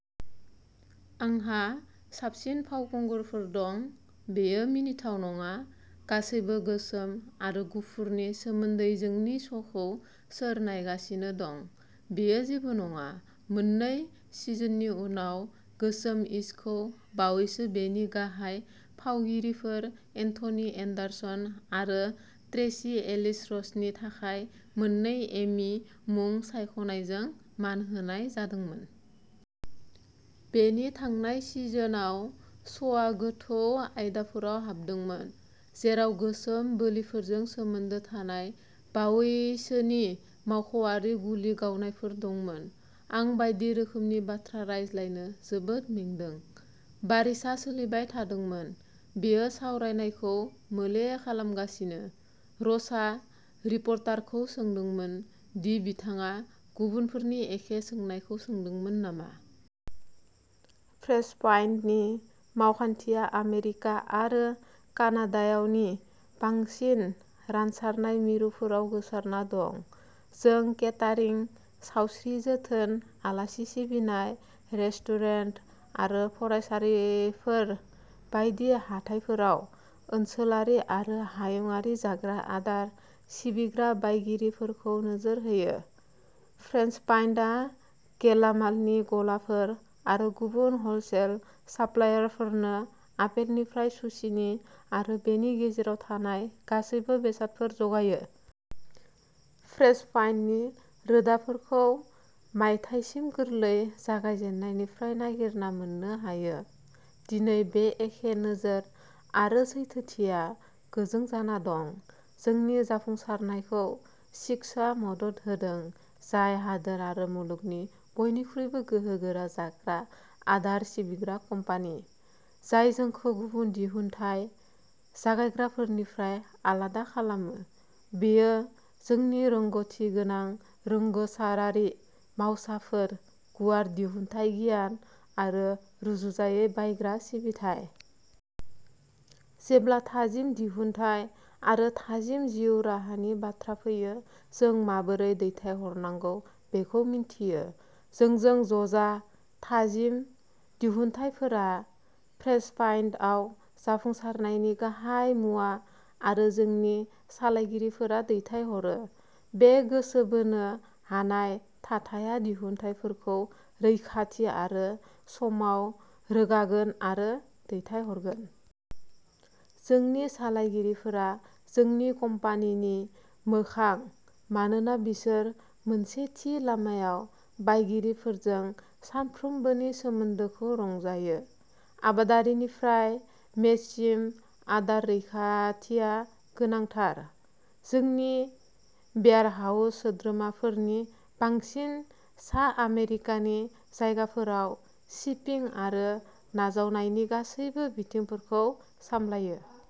आंहा साबसिन फावखुंगुरफोर दं। बेयो मिनिथाव नङा। गासैबो गोसोम आरो गुफुरनि सोमोन्दैजोंनि श'खौ सोर नायगासिनो दं, बेयो जेबो नङा। " मोननै सिजननि उनाव, "गोसोम-इश" खौ बावैसो बेनि गाहाय फावगिरिफोर, एन्थनी एन्डारसन आरो ट्रेसी एलिस रसनि थाखाय मोन्नै एमी मुं सायख'नायजों मान होनाय जादोंमोन। बेनि थांनाय सिजनआव, श'आ गोथौ आयदाफोराव हाबदोंमोन, जेराव गोसोम बोलिफोरजों सोमोन्दो थानाय बावैसोनि मावख'आरि गुलि गावनायफोर दंमोन। "आं बायदि रोखोमनि बाथ्रा रायज्लायनो जोबोद मेंदों", बारिसआ सोलिबाय थादोंमोन। "बेयो सावरायनायखौ मोले खालामगासिनो। " र'सआ रिपर्टारखौ सोंदोंमोन दि बिथाङा गुबुनफोरनि एखे सोंनायखौ सोंदोंमोन नामा। फ्रेशप्वाइन्टनि मावखान्थिया आमेरिका आरो कानाडायाव नि बांसिन रानसारनाय मिरुफोराव गोसारना दं। जों केटारिं, सावस्रि जोथोन, आलासि सिबिनाय, रेस्टुरेन्ट आरो फरायसालिफोर बायदि हाथाइफोराव ओनसोलारि आरो हायुंआरि जाग्रा आदार सिबिग्रा बायगिरिफोरखौ नोजोर होयो। फ्रेशप्वाइन्टआ गेलामालनि गलाफोर आरो गुबुन हलसेल साप्लायरफोरनो आपेलनिफ्राय जुचिनी आरो बेनि गेजेराव थानाय गासैबो बेसादफोर जगायो। फ्रेशप्वाइन्टनि रोदाफोरखौ मायथाइसिम गोरलै जागायजेन्नायनिफ्राय नागिरना मोननो हायो। दिनै, बे एखे नोजोर आरो सैथोथिया गोजों जाना दं। जोंनि जाफुंसारनायखौ सिस्क'आ मदद होदों, जाय हादोर आरो मुलुगनि बयनिख्रुइबो गोहोगोरा जाग्रा आदार सिबिग्रा कम्पानि। जाय जोंखौ गुबुन दिहुनथाय जगायग्राफोरनिफ्राय आलादा खालामो, बेयो जोंनि रोंग'थिगोनां रोंग'सारारि मावसाफोर, गुवार दिहुनथाय गियान, आरो रुजुजायै बायग्रा सिबिथाइ। जेब्ला थाजिम दिहुनथाय आरो थाजिम जिउ राहानि बाथ्रा फैयो, जों माबोरै दैथायहरनांगौ बेखौ मिन्थियो। जोंजों ज'जा। थाजिम दिहुनथायफोरा फ्रेशप्वाइन्टआव जाफुंसारनायनि गाहाय मुवा आरो जोंनि सालायगिरिफोरा दैथायहरो। बे गोसो बोनो हानाय थाथाया दिहुनथायफोरखौ रैखाथि आरो समाव रोगागोन आरो दैथायहरगोन। जोंनि सालायगिरिफोरा जोंनि कम्पानिनि मोखां मानोना बिसोरो मोनसे थि लामायाव बायगिरिफोरजों सानफ्रोमबोनि सोमोन्दोखौ रंजायो। आबादारिनिफ्राय मेजसिम, आदार रैखाथिआ गोनांथार। जोंनि वेयारहाउस सोद्रोमाफोरा नि बांसिन सा आमेरिकानि जायगाफोराव शिपिं आरो नाजावनायनि गासैबो बिथिंफोरखौ सामलायो।